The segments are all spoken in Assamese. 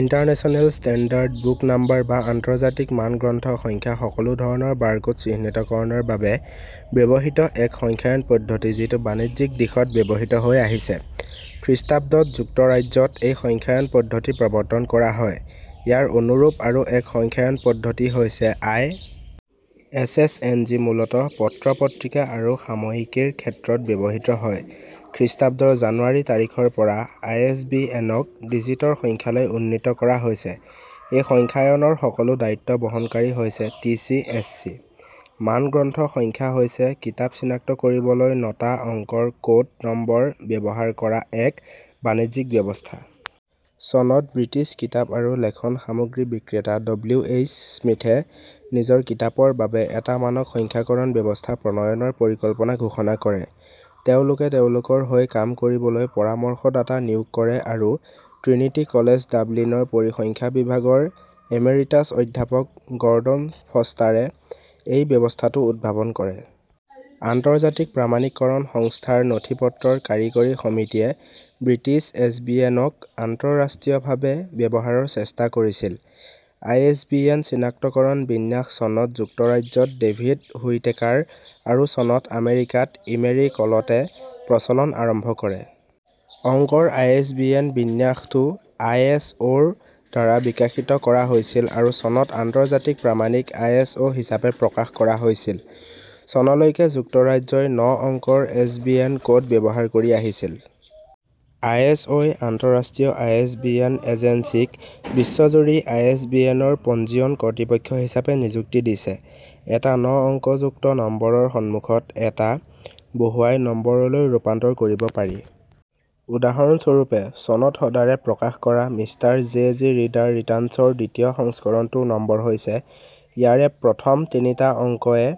ইন্টাৰনেশ্যনেল ষ্টেণ্ডাৰ্ড বুক নাম্বাৰ বা আন্তৰ্জাতিক মান গ্ৰন্থ সংখ্যা সকলো ধৰনৰ বাৰকোড চিহ্নিতকৰণৰ বাবে ব্যৱহৃত এক সংখ্যায়ন পদ্ধতি যিটো বাণিজ্যিক দিশত ব্যৱহৃত হৈ আহিছে। খ্ৰীষ্টাব্দত যুক্তৰাজ্যত এই সংখ্যায়ন পদ্ধতি প্ৰৱৰ্তন কৰা হয়। ইয়াৰ অনুৰূপ আৰু এক সংখ্যায়ন পদ্ধতি হৈছে আই. এচ. এচ. এন. যি মূলতঃ পত্ৰ-পত্ৰিকা আৰু সাময়িকীৰ ক্ষেত্ৰত ব্যৱহৃত হয়। খ্ৰীষ্টাব্দৰ জানুৱাৰী তাৰিখৰ পৰা আই. এচ. বি. এনক -ডিজিটৰ সংখ্যালৈ উন্নীত কৰা হৈছে। এই সংখ্যায়নৰ সকলো দায়িত্ব বহনকাৰী হৈছে টিচি /এচচি। মান গ্ৰন্থ সংখ্যা হৈছে কিতাপ চিনাক্ত কৰিবলৈ নটা অংকৰ ক'ড নম্বৰ ব্যৱহাৰ কৰা এক বাণিজ্যিক ব্যৱস্থা। চনত ব্ৰিটিছ কিতাপ আৰু লেখন সামগ্ৰী বিক্ৰেতা ডব্লিউ. এইচ. স্মিথে নিজৰ কিতাপৰ বাবে এটা মানক সংখ্যাকৰণ ব্যৱস্থা প্ৰণয়নৰ পৰিকল্পনা ঘোষণা কৰে। তেওঁলোকে তেওঁলোকৰ হৈ কাম কৰিবলৈ পৰামৰ্শদাতা নিয়োগ কৰে আৰু ট্ৰিনিটি কলেজ ডাবলিনৰ পৰিসংখ্যা বিভাগৰ এমেৰিটাছ অধ্যাপক গৰ্ডন ফষ্টাৰে এই ব্যৱস্থাটো উদ্ভাৱন কৰে। আন্তৰ্জাতিক প্ৰামাণিককৰণ সংস্থা ৰ নথিপত্ৰৰ কাৰিকৰী সমিতিয়ে ব্ৰিটিছ এছ. বি. এন. ক আন্তঃৰাষ্ট্ৰীয়ভাবে ব্যৱহাৰৰ চেষ্টা কৰিছিল। আই. এছ. বি. এন. চিনাক্তকৰণ বিন্যাস চনত যুক্তৰাজ্যত ডেভিদ হুইটেকাৰ আৰু চনত আমেৰিকাত ইমেৰী কলটে প্ৰচলন আৰম্ভ কৰে। অংকৰ আই. এছ. বি. এন. বিন্যাসটো আই. এছ. অ'. ৰ দ্বাৰা বিকশিত কৰা হৈছিল আৰু চনত আন্তৰ্জাতিক প্ৰামাণিক আই. এছ. অ'. হিচাপে প্ৰকাশ কৰা হৈছিল। চনলৈকে যুক্তৰাজ্যই ন অংকৰ এছ. বি. এন. ক'ড ব্যৱহাৰ কৰি আহিছিল। আই. এছ. অ'. ই আন্তঃৰাষ্ট্ৰীয় আই. এছ. বি. এন. এজেন্সীক বিশ্বজুৰি আই. এছ. বি. এন. ৰ পঞ্জীয়ন কৰ্তৃপক্ষ হিচাপে নিযুক্তি দিছে৷ এটা ন অংকযুক্ত নম্বৰৰ সন্মুখত এটা "" বহুৱাই নম্বৰলৈ ৰূপান্তৰ কৰিব পাৰি। উদাহৰণস্বৰূপে, চনত হডাৰে প্ৰকাশ কৰা "মিষ্টাৰ জে. জি. ৰিডাৰ ৰিটাৰ্ণছ"ৰ দ্বিতীয় সংস্কৰণটোৰ নম্বৰ হৈছে "", ইয়াৰে প্ৰথম তিনিটা অংক "" য়ে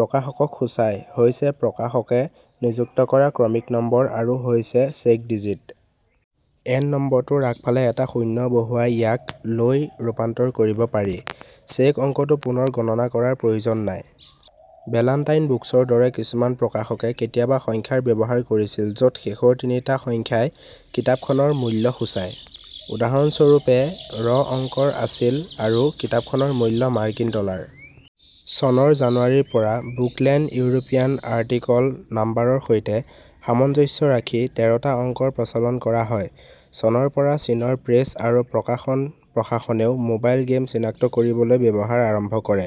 প্ৰকাশকক সূচায়, "" হৈছে প্ৰকাশকে নিযুক্ত কৰা ক্ৰমিক নম্বৰ আৰু "" হৈছে চেক ডিজিট। এন নম্বৰটোৰ আগফালে এটা শূন্য বহুৱাই ইয়াক --- লৈ ৰূপান্তৰ কৰিব পাৰি; চেক অংকটো পুনৰ গণনা কৰাৰ প্ৰয়োজন নাই। "বেলান্টাইন বুকছ"ৰ দৰে কিছুমান প্ৰকাশকে কেতিয়াবা সংখ্যাৰ ব্যৱহাৰ কৰিছিল য'ত শেষৰ তিনিটা সংখ্যাই কিতাপখনৰ মূল্য সূচায়; উদাহৰণস্বৰূপে, " "ৰ অংকৰ আছিল --- আৰু কিতাপখনৰ মূল্য মাৰ্কিন ডলাৰ। চনৰ জানুৱাৰীৰ পৰা "বুকলেণ্ড" ইউৰোপীয়ান আৰ্টিকল নাম্বাৰৰ সৈতে সামঞ্জস্য ৰাখি তেৰটা অংকৰ প্ৰচলন কৰা হয়। চনৰ পৰা চীনৰ প্ৰেছ আৰু প্ৰকাশন প্ৰশাসনেও মোবাইল গেম চিনাক্ত কৰিবলৈ ব্যৱহাৰ আৰম্ভ কৰে।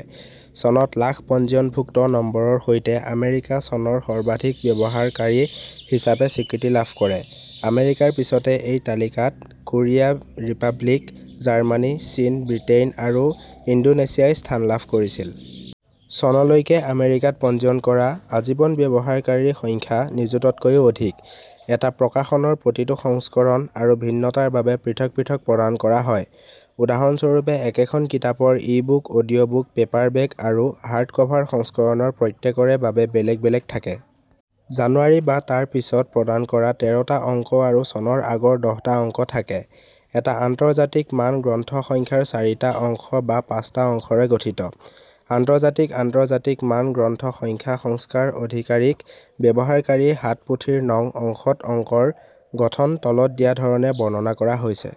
চনত লাখ পঞ্জীয়নভুক্ত নম্বৰৰ সৈতে আমেৰিকা চনৰ সৰ্বাধিক ব্যৱহাৰকাৰী হিচাপে স্বীকৃতি লাভ কৰে৷ আমেৰিকাৰ পিছতে এই তালিকাত কোৰিয়া ৰিপাব্লিক, জাৰ্মানী, চীন, ব্ৰিটেইন আৰু ইণ্ডোনেছিয়াই স্থান লাভ কৰিছিল। চনলৈকে আমেৰিকাত পঞ্জীয়ন কৰা আজীৱন ব্যৱহাৰকাৰীৰ সংখ্যা নিযুততকৈও অধিক। এটা প্ৰকাশনৰ প্ৰতিটো সংস্কৰণ আৰু ভিন্নতাৰ বাবে পৃথক পৃথক প্ৰদান কৰা হয়। উদাহৰণস্বৰূপে, একেখন কিতাপৰ ই-বুক, অডিঅ'বুক, পেপাৰবেক আৰু হাৰ্ডকভাৰ সংস্কৰণৰ প্ৰত্যেকৰে বাবে বেলেগ বেলেগ থাকে। জানুৱাৰী বা তাৰ পিছত প্ৰদান কৰা তেৰটা অংক আৰু চনৰ আগৰ দহটা অংক থাকে। এটা আন্তৰ্জাতিক মান গ্ৰন্থ সংখ্যাৰ চাৰিটা অংশ বা পাঁচটা অংশৰে গঠিত। আন্তৰ্জাতিক আন্তৰ্জাতিক মান গ্ৰন্থ সংখ্যা সংস্থাৰ আধিকাৰীক ব্যৱহাৰকাৰী হাতপুথিৰ নং অংশত অংকৰ গঠন তলত দিয়া ধৰণে বৰ্ণনা কৰা হৈছে:।